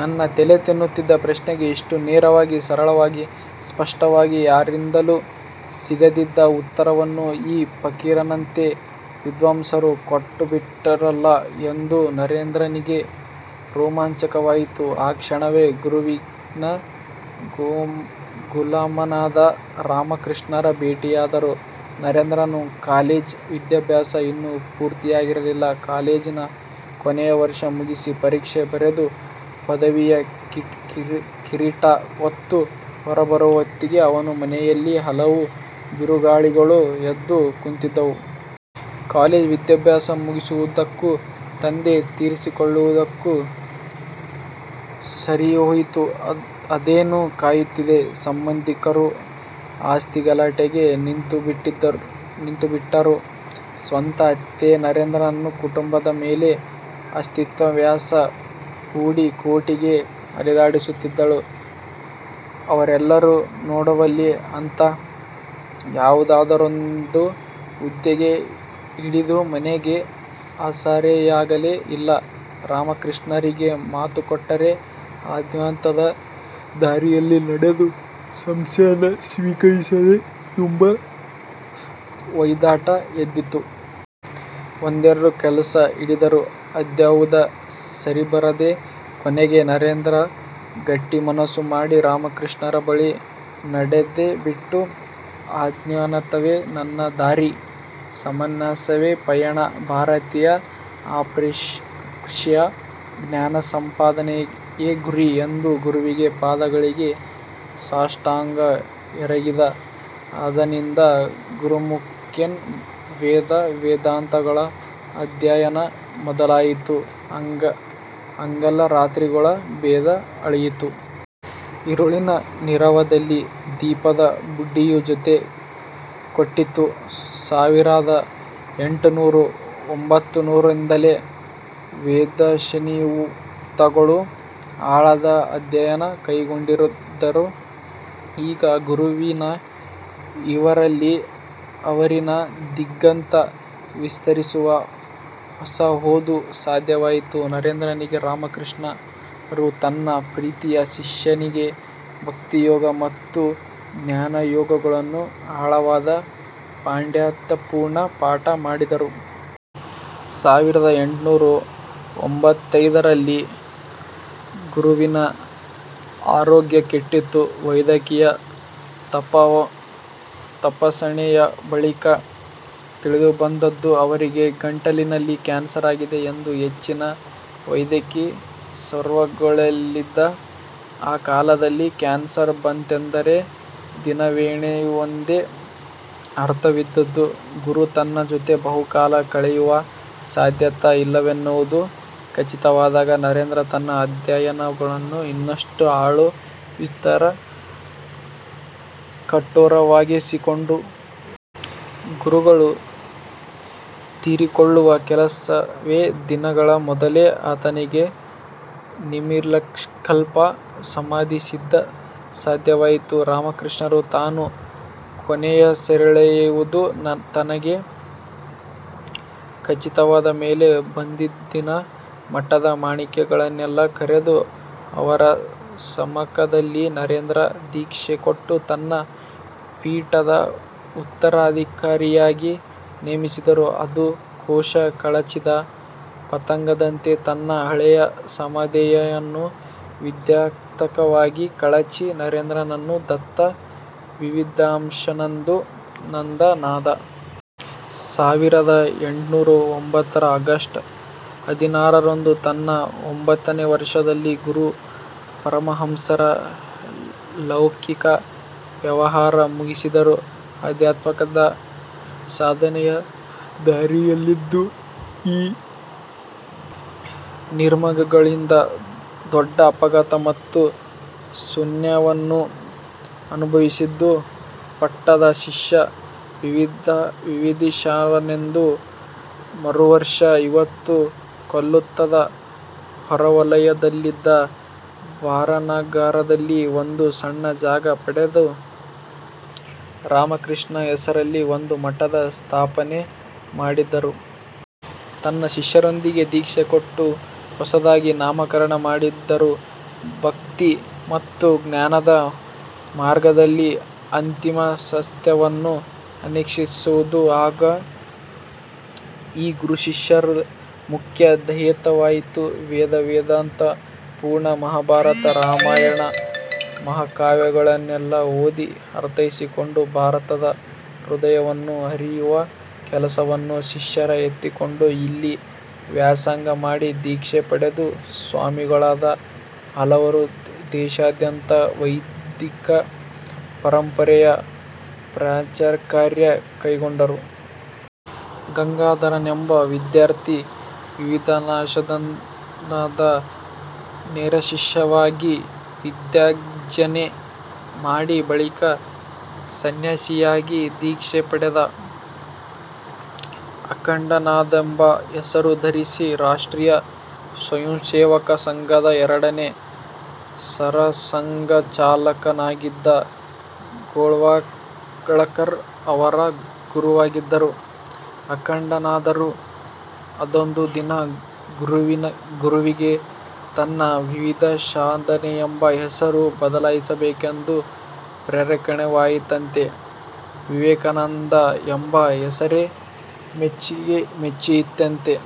ತನ್ನ ತಲೆತಿನ್ನುತ್ತಿದ್ದ ಪ್ರಶ್ನೆಗೆ ಇಷ್ಟು ನೇರವಾಗಿ ಸರಳವಾಗಿ ಸ್ಪಷ್ಟವಾಗಿ ಯಾರಿಂದಲೂ ಸಿಗದಿದ್ದ ಉತ್ತರವನ್ನು ಈ ಫಕೀರನಂಥ ವಿದ್ವಾಂಸರು ಕೊಟ್ಟುಬಿಟ್ಟರಲ್ಲ ಎಂದು ನರೇಂದ್ರನಿಗೆ ರೋಮಾಂಚನವಾಯಿತು. ಆ ಕ್ಷಣವೇ ಗುರುವಿನ ಗುಲಾಮನಾದ. ರಾಮಕೃಷ್ಣರ ಭೇಟಿಯಾದಾಗ ನರೇಂದ್ರನ ಕಾಲೇಜು ವಿದ್ಯಾಭ್ಯಾಸ ಇನ್ನೂ ಪೂರ್ತಿಯಾಗಿರಲಿಲ್ಲ. ಕಾಲೇಜಿನ ಕೊನೆಯ ವರ್ಷ ಮುಗಿಸಿ ಪರೀಕ್ಷೆ ಬರೆದು ಪದವಿಯ ಕಿರೀಟ ಹೊತ್ತು ಹೊರಬರುವ ಹೊತ್ತಿಗೆ ಅವನ ಮನೆಯಲ್ಲಿ ಹಲವು ಬಿರುಗಾಳಿಗಳು ಎದ್ದು ಕಂತಿದ್ದವು. ಕಾಲೇಜು ವಿದ್ಯಾಭ್ಯಾಸ ಮುಗಿಯುವುದಕ್ಕೂ ತಂದೆ ತೀರಿಕೊಳ್ಳುವುದಕ್ಕೂ ಸರಿಹೋಯಿತು. ಅದನ್ನೇ ಕಾಯುತ್ತಿದ್ದ ಸಂಬಂಧಿಕರು ಆಸ್ತಿಗಲಾಟೆಗೆ ನಿಂತುಬಿಟ್ಟರು. ಸ್ವತಃ ಅತ್ತೆಯೇ ನರೇಂದ್ರನ ಕುಟುಂಬದ ಮೇಲೆ ಆಸ್ತಿವ್ಯಾಜ್ಯ ಹೂಡಿ ಕೋರ್ಟಿಗೆ ಅಲೆದಾಡಿಸಹತ್ತಿದಳು. ಇವೆಲ್ಲದರ ನಡುವಲ್ಲಿ ಅತ್ತ ಯಾವುದಾದರೊಂದು ಉದ್ಯೋಗ ಹಿಡಿದು ಮನೆಗೆ ಆಸರೆಯಾಗಲೇ ಇಲ್ಲಾ ರಾಮಕೃಷ್ಣರಿಗೆ ಮಾತುಕೊಟ್ಟಂತೆ ಅಧ್ಯಾತ್ಮದ ದಾರಿಯಲ್ಲಿ ನಡೆದು ಸಂನ್ಯಾಸ ಸ್ವೀಕರಿಸಲೇ ಎಂಬ ಹೊಯ್ದಾಟ ಎದ್ದಿತು. ಒಂದೆರಡು ಕೆಲಸ ಹಿಡಿದರೂ ಅದ್ಯಾವುದೂ ಸರಿಬರದೆ ಕೊನೆಗೆ ನರೇಂದ್ರ ಗಟ್ಟಿಮನಸ್ಸು ಮಾಡಿ ರಾಮಕೃಷ್ಣರ ಬಳಿ ನಡೆದೇಬಿಟ್ಟ. ಅಧ್ಯಾತ್ಮವೇ ನನ್ನ ದಾರಿ, ಸಂನ್ಯಾಸವೇ ಪಯಣ, ಭಾರತೀಯ ಆರ್ಷೇಯ ಜ್ಞಾನಸಂಪಾದನೆಯೇ ಗುರಿ ಎಂದು ಗುರುವಿನ ಪಾದಗಳಿಗೆ ಸಾಷ್ಟಾಂಗ ಎರಗಿದ. ಅಂದಿನಿಂದ ಗುರುಮುಖೇನ ವೇದ-ವೇದಾಂತಗಳ ಅಧ್ಯಯನ ಮೊದಲಾಯಿತು. ಹಗಲುರಾತ್ರಿಗಳ ಭೇದ ಅಳಿಯಿತು. ಇರುಳಿನ ನೀರವದಲ್ಲಿ ದೀಪದ ಬುಡ್ಡಿಯು ಜೊತೆ ಕೊಟ್ಟಿತು. ಸಾವಿರದ ಎಂಟುನೂರ ಎಂಬತ್ತೊಂದರಿಂದಲೇ ವೇದೋಪನಿಷತ್ತುಗಳ ಆಳವಾದ ಅಧ್ಯಯನ ಕೈಗೊಂಡಿದ್ದರೂ ಈಗ ಗುರುವಿನ ಇರವಲ್ಲಿ ಅರಿವಿನ ದಿಗಂತ ವಿಸ್ತರಿಸುವ ಹೊಸ ಓದು ಸಾಧ್ಯವಾಯಿತು ನರೇಂದ್ರನಿಗೆ. ರಾಮಕೃಷ್ಣರು ತನ್ನ ಪ್ರೀತಿಯ ಶಿಷ್ಯನಿಗೆ ಭಕ್ತಿಯೋಗ ಮತ್ತು ಜ್ಞಾನಯೋಗಗಳ ಆಳವಾದ ಪಾಂಡಿತ್ಯಪೂರ್ಣ ಪಾಠ ಮಾಡಿದರು. ಸಾವಿರದ ಎಂಟುನೂರ ಎಂಬತ್ತೈದರಲ್ಲಿ ಗುರುವಿನ ಆರೋಗ್ಯ ಕೆಟ್ಟಿತು. ವೈದ್ಯಕೀಯ ತಪಾಸಣೆಯ ಬಳಿಕ ತಿಳಿದುಬಂದದ್ದು ಅವರಿಗೆ ಗಂಟಲಿನ ಕ್ಯಾನ್ಸರ್ ಆಗಿದೆ ಎಂದು. ಹೆಚ್ಚಿನ ವೈದ್ಯಕೀಯ ಸೌಕರ್ಯಗಳಿಲ್ಲದ ಆ ಕಾಲದಲ್ಲಿ ಕ್ಯಾನ್ಸರ್ ಬಂತೆಂದರೆ ದಿನವೆಣಿಸುವುದೆಂದೇ ಅರ್ಥವಿದ್ದದ್ದು. ಗುರು ತನ್ನ ಜೊತೆ ಬಹುಕಾಲ ಕಳೆಯುವ ಸಾಧ್ಯತೆ ಇಲ್ಲವೆನ್ನುವುದು ಖಚಿತವಾದಾಗ ನರೇಂದ್ರ ತನ್ನ ಅಧ್ಯಯನವನ್ನು ಇನ್ನಷ್ಟು ಆಳ, ವಿಸ್ತಾರ, ಕಠೋರವಾಗಿಸಿಕೊಂಡ. ಗುರುಗಳು ತೀರಿಕೊಳ್ಳುವ ಕೆಲವೇ ದಿನಗಳ ಮೊದಲು ಆತನಿಗೆ ನಿರ್ವಿಕಲ್ಪ ಸಮಾಧಿ ಸಿದ್ಧಿ ಸಾಧ್ಯವಾಯಿತು. ರಾಮಕೃಷ್ಣರು ತಾನು ಕೊನೆಯುಸಿರೆಳೆಯುವುದು ತನಗೇ ಖಚಿತವಾದ ಮೇಲೆ ಒಂದುದಿನ ಮಠದ ಮಾಣಿಗಳನ್ನೆಲ್ಲ ಕರೆದು, ಅವರ ಸಮ್ಮುಖದಲ್ಲಿ ನರೇಂದ್ರನಿಗೆ ದೀಕ್ಷೆ ಕೊಟ್ಟು ತನ್ನ ಪೀಠದ ಉತ್ತರಾಧಿಕಾರಿಯಾಗಿ ನೇಮಿಸಿದರು. ಅಂದು ಕೋಶ ಕಳಚಿದ ಪತಂಗದಂತೆ, ತನ್ನ ಹಳೆಯ ನಾಮಧೇಯವನ್ನು ವಿದ್ಯುಕ್ತವಾಗಿ ಕಳಚಿ ನರೇಂದ್ರನಾಥ ದತ್ತ "ವಿವಿಧೀಶಾನಂದ"ನಾದ. ಸಾವಿರದ ಎಂಟುನೂರ ಎಂಬತ್ತಾರರ ಆಗಸ್ಟ್ ಹದಿನಾರರಂದು, ತನ್ನ ಐವತ್ತನೇ ವರ್ಷದಲ್ಲಿ ಗುರು ಪರಮಹಂಸರು ಲೌಕಿಕ ವ್ಯವಹಾರ ಮುಗಿಸಿದರು. ಅಧ್ಯಾತ್ಮದ ಸಾಧನೆಯ ದಾರಿಯಲ್ಲಿದ್ದೂ ಈ ನಿರ್ಗಮನದಿಂದ ದೊಡ್ಡ ಆಘಾತ ಮತ್ತು ಶೂನ್ಯವನ್ನು ಅನುಭವಿಸಿದ್ದು ಪಟ್ಟದ ಶಿಷ್ಯ ವಿವಿಧೀಶಾನಂದರೇ. ಮರುವರ್ಷ ಇವರು ಕೋಲ್ಕತ್ತದ ಹೊರವಲಯದಲ್ಲಿದ್ದ ಬಾರಾನಗರದಲ್ಲಿ ಒಂದು ಸಣ್ಣ ಜಾಗ ಪಡೆದು ರಾಮಕೃಷ್ಣರ ಹೆಸರಲ್ಲಿ ಒಂದು ಮಠದ ಸ್ಥಾಪನೆ ಮಾಡಿದರು. ತನ್ನ ಶಿಷ್ಯಂದಿರಿಗೆ ದೀಕ್ಷೆ ಕೊಟ್ಟು ಹೊಸದಾಗಿ ನಾಮಕರಣ ಮಾಡಿದರು. ಭಕ್ತಿ ಮತ್ತು ಜ್ಞಾನದ ಮಾರ್ಗದಲ್ಲಿ ಅಂತಿಮಸತ್ಯವನ್ನು ಅನ್ವೇಷಿಸುವುದು ಈ ಗುರುಶಿಷ್ಯರ ಮುಖ್ಯ ಧ್ಯೇಯವಾಯಿತು. ವೇದ-ವೇದಾಂತ-ಪುರಾಣ, ಮಹಾಭಾರತ ರಾಮಾಯಣ ಮಹಾಕಾವ್ಯಗಳನ್ನೆಲ್ಲ ಓದಿ ಅರ್ಥೈಸಿಕೊಂಡು ಭಾರತದ ಹೃದಯವನ್ನು ಅರಿಯುವ ಕೆಲಸವನ್ನು ಶಿಷ್ಯರು ಎತ್ತಿಕೊಂಡರು. ಇಲ್ಲಿ ವ್ಯಾಸಂಗ ಮಾಡಿ ದೀಕ್ಷೆ ಪಡೆದು ಸ್ವಾಮಿಗಳಾದ ಹಲವರು ದೇಶಾದ್ಯಂತ ವೈದಿಕ ಪರಂಪರೆಯ ಪ್ರಚಾರಕಾರ್ಯ ಕೈಗೊಂಡರು. ಗಂಗಾಧರನೆಂಬ ವಿದ್ಯಾರ್ಥಿ ವಿವಿಧೀಶಾನಂದರ ನೇರಶಿಷ್ಯನಾಗಿ ವಿದ್ಯಾರ್ಜನೆ ಮಾಡಿ ಬಳಿಕ ಸಂನ್ಯಾಸಿಯಾಗಿ ದೀಕ್ಷೆ ಪಡೆದು ಅಖಂಡಾನಂದನೆಂಬ ಹೆಸರು ಧರಿಸಿದ. ರಾಷ್ಟ್ರೀಯ ಸ್ವಯಂಸೇವಕ ಸಂಘದ ಎರಡನೆ ಸರಸಂಘಚಾಲಕರಾಗಿದ್ದ ಗೋವಾಳ್ಕರ್ ಅವರ ಗುರುವಾಗಿದ್ದವರು ಅಖಂಡಾನಂದರು. ಅದೊಂದು ದಿನ ಗುರುವಿಗೆ ತನ್ನ ವಿವಿಧೀಶಾನಂದನೆಂಬ ಹೆಸರನ್ನು ಬದಲಿಸಬೇಕೆಂಬ ಪ್ರೇರಣೆಯಾಯಿತಂತೆ. ವಿವೇಕಾನಂದ ಎಂಬ ಹೆಸರೇ ಮೆಚ್ಚಾಯಿತಂತೆ.